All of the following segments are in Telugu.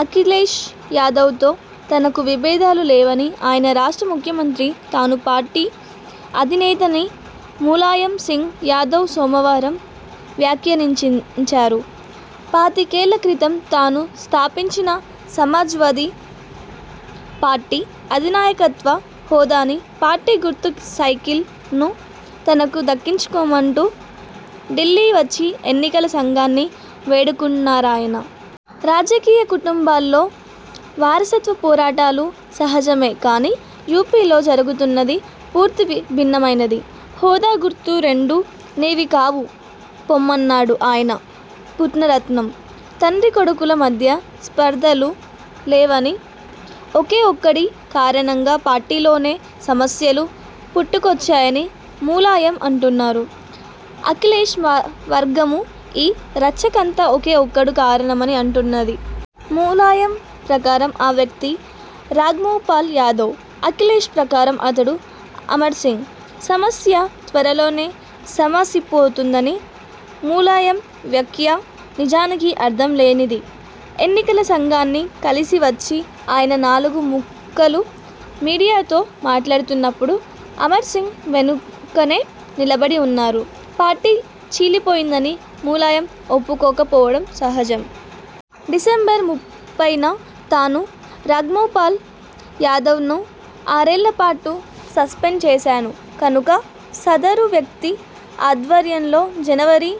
అఖిలేష్ యాదవ్తో తనకు విభేదాలు లేవనీ, ఆయన రాష్ట్ర ముఖ్యమంత్రి, తాను పార్టీ అధినేతనని ములాయం సింగ్ యాదవ్ సోమవారం వ్యాఖ్యానించారు. పాతికేళ్ళ క్రితం తాను స్థాపించిన సమాజ్వాదీ పార్టీ అధినాయకత్వ హోదానీ, పార్టీ గుర్తు సైకిల్నూ తనకు దక్కించమంటూ ఢిల్లీ వచ్చి ఎన్నికల సంఘాన్ని వేడుకున్నారాయన. రాజకీయ కుటుంబాల్లో వారసత్వ పోరాటాలు సహజమే కానీ, యూపీలో జరుగుతున్నది పూర్తి భిన్నమైనది. హోదా, గుర్తు రెండూ నీవి కావు పొమ్మన్నాడు ఆయన పుత్రరత్నం. తండ్రీకొడుకుల మధ్య స్పర్థలు లేవనీ, ఒకే ఒక్కడి కారణంగా పార్టీలోనే సమస్యలు పుట్టుకొచ్చాయని ములాయం అంటున్నారు. అఖిలేష్ వర్గమూ ఈ రచ్చకంతా ఒకే ఒక్కడు కారణమని అంటున్నది. ములాయం ప్రకారం ఆ వ్యక్తి రామ్గోపాల్ యాదవ్. అఖిలేష్ ప్రకారం అతడు అమర్సింగ్. సమస్య త్వరలోనే సమసిపోతుందన్న ములాయం వ్యాఖ్య నిజానికి అర్థంలేనిది. ఎన్నికల సంఘాన్ని కలిసి వచ్చి ఆయన నాలుగు ముక్కలు మీడియాతో మాట్లాడుతున్నప్పుడు అమర్సింగ్ వెనుకనే నిలబడి ఉన్నారు. పార్టీ చీలిపోయిందని ములాయం ఒప్పుకోక పోవడం సహజం. డిసెంబరు ముప్పైన తాను రామ్గోపాల్ యాదవ్ను ఆరేళ్ళ పాటు సస్పెండు చేశాను కనుక, సదరు వ్యక్తి ఆధ్వర్యంలో జనవరి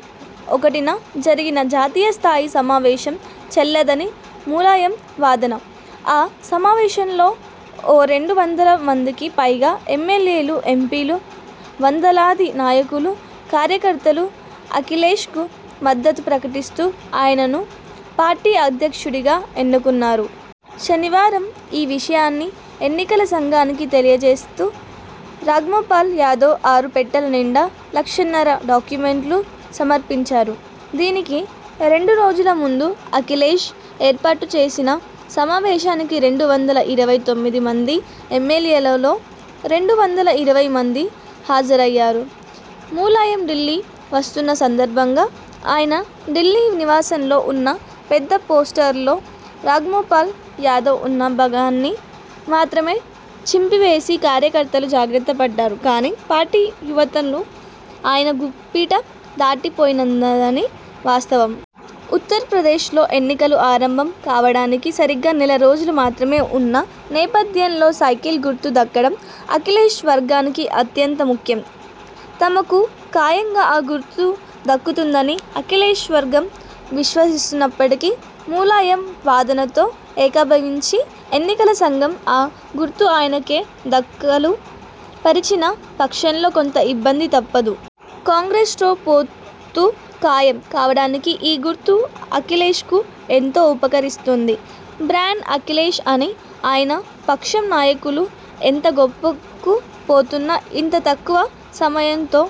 ఒకటిన జరిగిన జాతీయ స్థాయి సమావేశం చెల్లదని ములాయం వాదన. ఈ సమావేశంలో ఓ రెండు వందల మందికి పైగా ఎమ్మెల్యేలూ, ఎంపీలు, వందలాది నాయకులూ కార్యకర్తలూ అఖిలేష్కు మద్దతు ప్రకటిస్తూ, ఆయనను పార్టీ అధ్యక్షుడిగా ఎన్నుకున్నారు. శనివారం ఈ విషయాన్ని ఎన్నికల సంఘానికి తెలియచేస్తూ రామ్గోపాల్ యాదవ్ ఆరు పెట్టెల నిండా లక్షన్నర డాక్యుమెంట్లు సమర్పించారు. దీనికి రెండు రోజుల ముందు అఖిలేష్ ఏర్పాటుచేసిన సమావేశానికి రెండు వందల ఇరవై తొమ్మిది మంది ఎమ్మెల్యేలలో రెండు వందల ఇరవై మంది హాజరయ్యారు. ములాయం ఢిల్లీ వస్తున్న సందర్భంగా ఆయన ఢిల్లీ నివాసంలో ఉన్న పెద్ద పోస్టర్లో రామ్గోపాల్ యాదవ్ ఉన్న భాగాన్ని మాత్రమే చింపివేసి కార్యకర్తలు జాగ్రత్త పడ్డారు కానీ, పార్టీ యావత్తూ ఆయన గుప్పిట దాటి పోయిందన్నది వాస్తవం. ఉత్తరప్రదేశ్లో ఎన్నికలు ఆరంభం కావడానికి సరిగ్గా నెల రోజులు మాత్రమే ఉన్న నేపథ్యంలో, సైకిల్ గుర్తు దక్కడం అఖిలేష్ వర్గానికి అత్యంత ముఖ్యం. తమకు ఖాయంగా ఆ గుర్తు దక్కుతుందని అఖిలేష్వర్గం విశ్వసిస్తున్నప్పటికీ, ములాయం వాదనతో ఏకీభవించి ఎన్నికల సంఘం ఆ గుర్తు ఆయనకే దఖలు పరచిన పక్షంలో కొంత ఇబ్బంది తప్పదు. కాంగ్రెస్తో పొత్తు ఖాయం కావడానికి ఈ గుర్తు అఖిలేష్కు ఎంతో ఉపకరిస్తుంది. 'బ్రాండ్ అఖిలేష్' అని ఆయన పక్షం నాయకులు ఎంత గొప్పకు పోతున్నా, ఇంత తక్కువ సమయంలో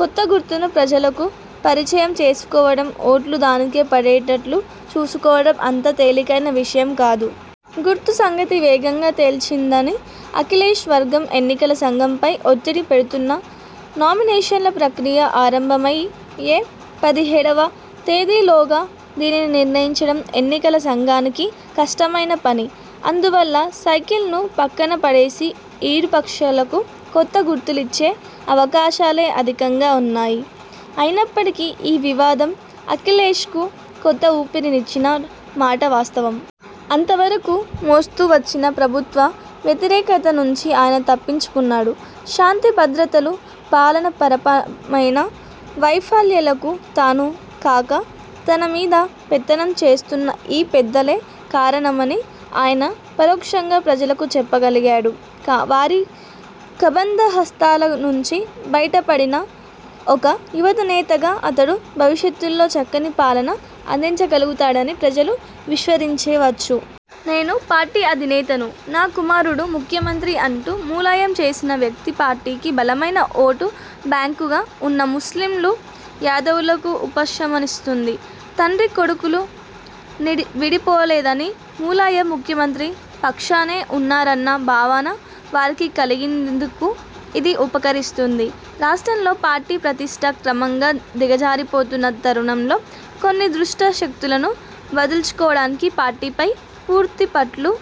కొత్త గుర్తును ప్రజలకు పరిచయం చేసుకోవడం, ఓట్లు దానికే పడేట్టు చూసుకోవడం అంత తేలికైన విషయం కాదు. గుర్తు సంగతి వేగంగా తేల్చండని అఖిలేష్ వర్గం ఎన్నికల సంఘంపై ఒత్తిడి పెడుతున్నా, నామినేషన్ల ప్రక్రియ ఆరంభమయ్యే పదిహేడువ తేదీలోగా దీనిని నిర్ణయించడం ఎన్నికల సంఘానికి కష్టమైన పని. అందువల్ల, సైకిల్ను పక్కన పడేసి, ఇరు పక్షాలకూ కొత్త గుర్తులిచ్చే అవకాశాలే అధికంగా ఉన్నాయి. అయినప్పటికీ, ఈ వివాదం అఖిలేష్కు కొత్త ఊపిరినిచ్చిన మాట వాస్తవం. అంతవరకూ మోస్తూ వచ్చిన ప్రభుత్వ వ్యతిరేకత నుంచి ఆయన తప్పించుకున్నాడు. శాంతి భద్రతలు, పాలనాపరమైన వైఫల్యాలకు తాను కాక, తనమీద పెత్తనం చేస్తున్న ఈ పెద్దలే కారణమని ఆయన పరోక్షంగా ప్రజలకు చెప్పగలిగాడు. వారి కబంధహస్తాల నుంచి బయట పడిన ఒక యువనేతగా అతడు భవిష్యత్తులో చక్కని పాలన అందించగలుగుతాడని ప్రజలు విశ్వసించవచ్చు. నేను పార్టీ అధినేతను, నా కుమారుడు ముఖ్యమంత్రి అంటూ ములాయం చేసిన వ్యాఖ్య పార్టీకి బలమైన ఓటు బ్యాంకుగా ఉన్న ముస్లింలు, యాదవులకు ఉపశమనాన్నిస్తుంది. తండ్రీకొడుకులు విడిపోలేదనీ, ములాయం ముఖ్యమంత్రి పక్షానే ఉన్నారన్న భావన వారికి కలిగేందుకు ఇది ఉపకరిస్తుంది. రాష్ట్రంలో పార్టీ ప్రతిష్ఠ క్రమంగా దిగజారిపోతున్న తరుణంలో కొన్ని దుష్ట శక్తులను వదల్చుకోవడానికీ, పార్టీపై పూర్తి పట్టు